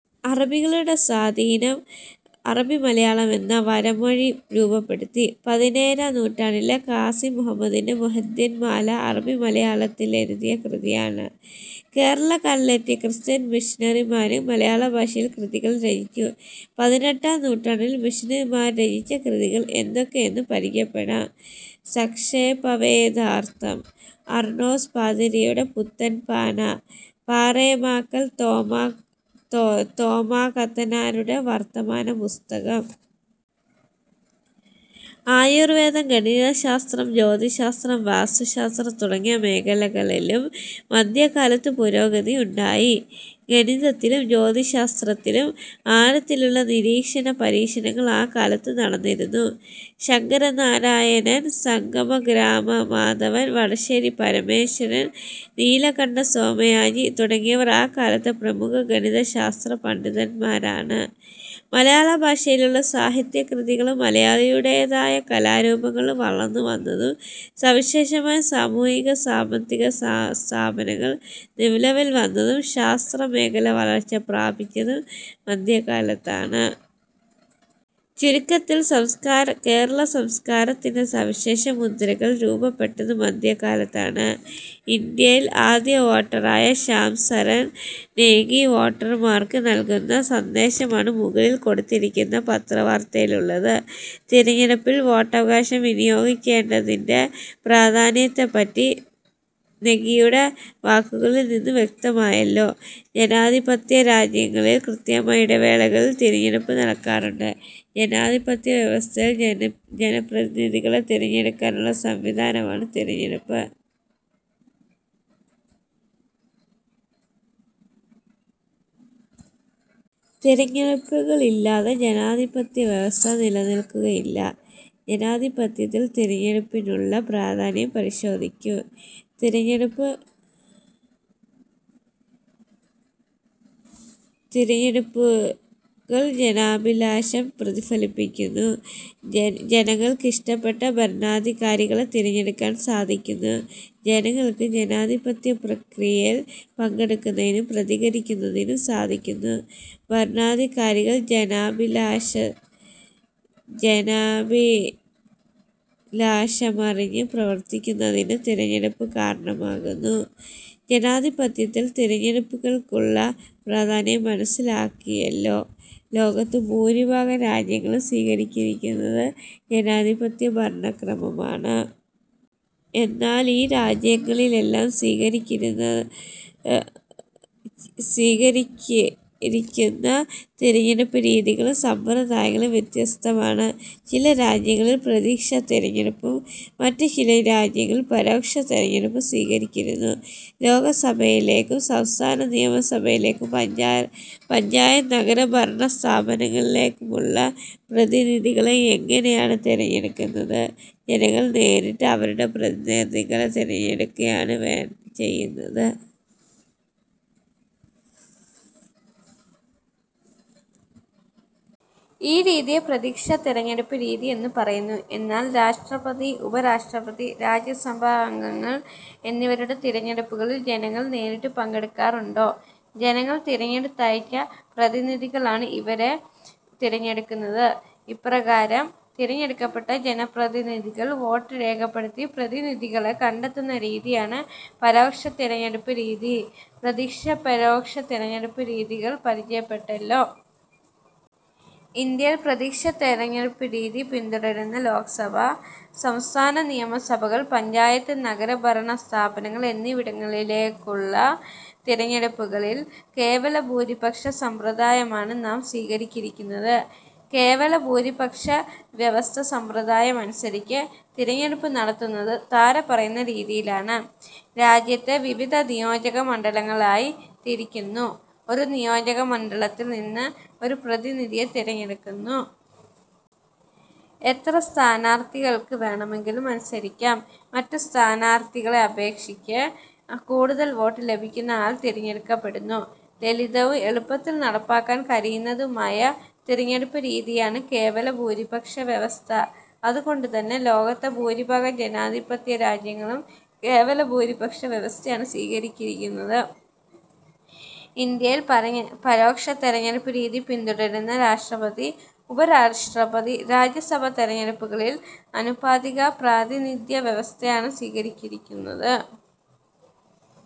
അറബികളുടെ സ്വാധീനം അറബിമലയാളം എന്ന വരമൊഴി രൂപപ്പെടുത്തി. പതിനേഴാം നൂറ്റാണ്ടിലെ ഖാസി മുഹമ്മദിന്റെ മുഹ്യിദ്ദീൻ മാല അറബിമലയാളത്തിലെഴുതിയ കൃതിയാണ്. കേരളക്കരയിലെത്തിയ ക്രിസ്ത്യൻ മിഷണറിമാരും മലയാളഭാഷയിൽ കൃതികൾ രചിച്ചു. പതിനെട്ടാം നൂറ്റാണ്ടിൽ മിഷനറിമാർ രചിച്ച കൃതികൾ ഏതൊക്കെയെന്ന് പരിചയപ്പെടാം. സംക്ഷേപവേദാർഥം, അർണോസ് പാതിരിയുടെ പുത്തൻപാന, പാറേമാക്കൽ തോമാക്കത്തനാരുടെ വർത്തമാനപ്പുസ്തകം. ആയുർവേദം, ഗണിതശാസ്ത്രം, ജ്യോതിശ്ശാസ്ത്രം, വാസ്തു ശാസ്ത്രം തുടങ്ങിയ മേഖലകളിലും മധ്യകാലത്ത് പുരോഗതിയുണ്ടായി. ഗണിതത്തിലും ജ്യോതിശ്ശാസ്ത്രത്തിലും ആഴത്തിലുള്ള നിരീക്ഷണപരീക്ഷണങ്ങൾ അക്കാലത്ത് നടന്നിരുന്നു. ശങ്ക രനാരായണൻ, സംഗമഗ്രാമ മാധവൻ, വടശ്ശേരി പരമേശ്വരൻ, നീലകണ്ഠ സോമയാജി തുടങ്ങിയവർ അക്കാലത്തെ പ്രമുഖ ഗണിത ശാസ്ത്ര പണ്ഡിതന്മാരാണ്. മലയാളഭാഷയിലുള്ള സാഹിത്യകൃതികളും മലയാളിയുടേതായ കലാരൂപങ്ങളും വളർന്നു വന്നതും സവിശേഷമായ സാമൂ ഹിക-സാമ്പത്തിക സ്ഥാപനങ്ങൾ നിലവിൽ വന്നതും ശാസ്ത്ര മേഖല വളർച്ച പ്രാപിച്ചതും മധ്യകാലത്താണ്. ചുരുക്കത്തിൽ, കേരളസംസ്കാരത്തിന്റെ സവിശേഷ മുദ്രകൾ രൂപപ്പെട്ടത് മധ്യ കാലത്താണ്. ഇന്ത്യയിലെ ആദ്യ വോട്ടറായ ശ്യാംസരൺ നെഗി വോട്ടർമാർക്ക് നൽകുന്ന സന്ദേശമാണ് മുകളിൽ കൊടുത്തിരിക്കുന്ന പത്രവാർത്തയിലുള്ളത്. തിരഞ്ഞെടുപ്പിൽ വോട്ടവകാശം വിനിയോഗിക്കേണ്ടതിന്റെ പ്രാധാന്യത്തെപ്പറ്റി നെഗിയുടെ വാക്കുകളിൽ നിന്നു വ്യക്തമായല്ലോ. ജനാധിപത്യരാജ്യങ്ങളിൽ കൃത്യമായ ഇടവേളകളിൽ തിരഞ്ഞെടുപ്പ് നടക്കാറുണ്ട്. ജനാധിപത്യവ്യവസ്ഥയിൽ ജനപ്രതിനിധികളെ തിരഞ്ഞെടുക്കാനുള്ള സംവിധാനമാണ് തിരഞ്ഞെടുപ്പ്. തിരഞ്ഞെടുപ്പുകളില്ലാതെ ജനാധിപത്യവ്യവസ്ഥ നിലനിൽക്കുകയില്ല. ജനാധിപത്യത്തിൽ തിരഞ്ഞെടുപ്പിനുള്ള പ്രാധാന്യം പരിശോധിക്കൂ. തിരഞ്ഞെടുപ്പുകൾ ജനാഭിലാഷം പ്രതിഫലിപ്പിക്കുന്നു. ജനങ്ങൾക്കിഷ്ടപ്പെട്ട ഭരണാധികാരികളെ തിരഞ്ഞെടുക്കാൻ സാധിക്കുന്നു. ജനങ്ങൾക്ക് ജനാധിപത്യ പ്രക്രിയയിൽ പങ്കെടുക്കുന്നതിനും പ്രതികരിക്കുന്നതിനും സാധിക്കുന്നു. ഭരണാധികാരികൾ ജനാഭിലാഷമറിഞ്ഞ് പ്രവർത്തിക്കുന്നതിന് തിരഞ്ഞെടുപ്പ് കാരണമാകുന്നു. ജനാധിപത്യത്തിൽ തിരഞ്ഞെടുപ്പുകൾക്കുള്ള പ്രാധാന്യം മനസ്സിലാക്കിയല്ലോ. ലോകത്ത് ഭൂരിഭാഗം രാജ്യങ്ങളും സ്വീകരിച്ചിരിക്കുന്നത് ജനാധിപത്യ ഭരണക്രമമാണ്. എന്നാൽ ഈ രാജ്യങ്ങളിലെല്ലാം സ്വീകരിച്ചിരിക്കുന്ന തിരഞ്ഞെടുപ്പ് രീതികളും സമ്പ്രദായങ്ങളും വ്യത്യസ്തമാണ്. ചില രാജ്യങ്ങളിൽ പ്രത്യക്ഷ തിരഞ്ഞെടുപ്പും മറ്റു ചില രാജ്യങ്ങളിൽ പരോക്ഷ തിരഞ്ഞെടുപ്പും സ്വീകരിച്ചിരിക്കുന്നു. ലോകസഭയിലേക്കും സംസ്ഥാന നിയമസഭകളിലേക്കും പഞ്ചായത്ത് നഗര ഭരണ സ്ഥാപനങ്ങളിലേക്കുമുള്ള പ്രതിനിധികളെ എങ്ങനെയാണ് തിരഞ്ഞടുക്കുന്നത്? ജനങ്ങൾ നേരിട്ട് അവരുടെ പ്രതിനിധികളെ തിരഞ്ഞെടുക്കുകയാണ് ചെയ്യുന്നത്. ഈ രീതിയെ പ്രത്യക്ഷ തിരഞ്ഞെടുപ്പുരീതി എന്നു പറയുന്നു. എന്നാൽ രാഷ്ട്രപതി, ഉപരാഷ്ട്രപതി, രാജ്യസഭാംഗങ്ങൾ എന്നിവരുടെ തിരഞ്ഞെടുപ്പുകളിൽ ജനങ്ങൾ നേരിട്ട് പങ്കെടുക്കാറുണ്ടോ? ജനങ്ങൾ തിരഞ്ഞെടുത്തയച്ച പ്രതിനിധികളാണ് ഇവരെ തിരഞ്ഞെടുക്കുന്നത്. ഇപ്രകാരം തിരഞ്ഞെടുക്കപ്പെട്ട ജനപ്രതിനിധികൾ വോട്ട് രേഖപ്പെടുത്തി പ്രതിനിധികളെ കണ്ടെത്തുന്ന രീതിയാണ് പരോക്ഷ തിരഞ്ഞെടുപ്പുരീതി. പ്രത്യക്ഷ-പരോക്ഷ തിരഞ്ഞെടുപ്പുരീതികൾ പരിചയപ്പെട്ടല്ലോ. ഇന്ത്യയിൽ പ്രത്യക്ഷ തിരഞ്ഞെടുപ്പുരീതി പിന്തുടരുന്ന ലോകസഭ, സംസ്ഥാന നിയമ സഭകൾ, പഞ്ചായത്ത്-നഗരഭരണ സ്ഥാപനങ്ങൾ എന്നിവിടങ്ങളിലേക്കുള്ള തിരഞ്ഞെടുപ്പുകളിൽ കേവലഭൂരിപക്ഷ സമ്പ്രദായമാണ് നാം സ്വീകരിച്ചിരിക്കുന്നത്. കേവല ഭൂരിപക്ഷ വ്യവസ്ഥ സമ്പ്രദായമനുസരിച്ച് തിരഞ്ഞെടുപ്പ് നടത്തുന്നത് താഴെ പറയുന്ന രീതിയിലാണ്. രാജ്യത്തെ വിവിധ നിയോജകമണ്ഡലങ്ങളായി തിരിക്കുന്നു. ഒരു നിയോജക മണ്ഡലത്തിൽ നിന്ന് ഒരു പ്രതിനിധിയെ തിരഞ്ഞെടുക്കുന്നു. എത്ര സ്ഥാനാർഥികൾക്ക് വേണമെങ്കിലും മത്സരിക്കാം. മറ്റു സ്ഥാനാർഥികളെ അപേക്ഷിച്ച് കൂടുതൽ വോട്ട് ലഭിക്കുന്ന ആൾ തിരഞ്ഞെടുക്കപ്പെടുന്നു. ലളിതവും എളുപ്പത്തിൽ നടപ്പാക്കാൻ കഴിയുന്നതുമായ തിരഞ്ഞെടുപ്പുരീതിയാണ് കേവലഭൂരിപക്ഷവ്യവസ്ഥ. അതുകൊണ്ടുതന്നെ ലോകത്തെ ഭൂരിഭാഗം ജനാധിപ ത്യരാജ്യങ്ങളും കേവലഭൂരിപക്ഷ വ്യവസ്ഥയാണ് സ്വീകരിച്ചിരിക്കുന്നത്. ഇന്ത്യയിൽ പരോക്ഷ തിരഞ്ഞെടുപ്പു രീതി പിന്തുടരുന്ന രാഷ്ട്രപതി, ഉപരാഷ്ട്രപതി, രാജ്യസഭാ തിരഞ്ഞെടുപ്പുകളിൽ ആനുപാതിക പ്രാതിനിധ്യ വ്യവസ്ഥയാണ് സ്വീകരിച്ചിരിക്കുന്നത്.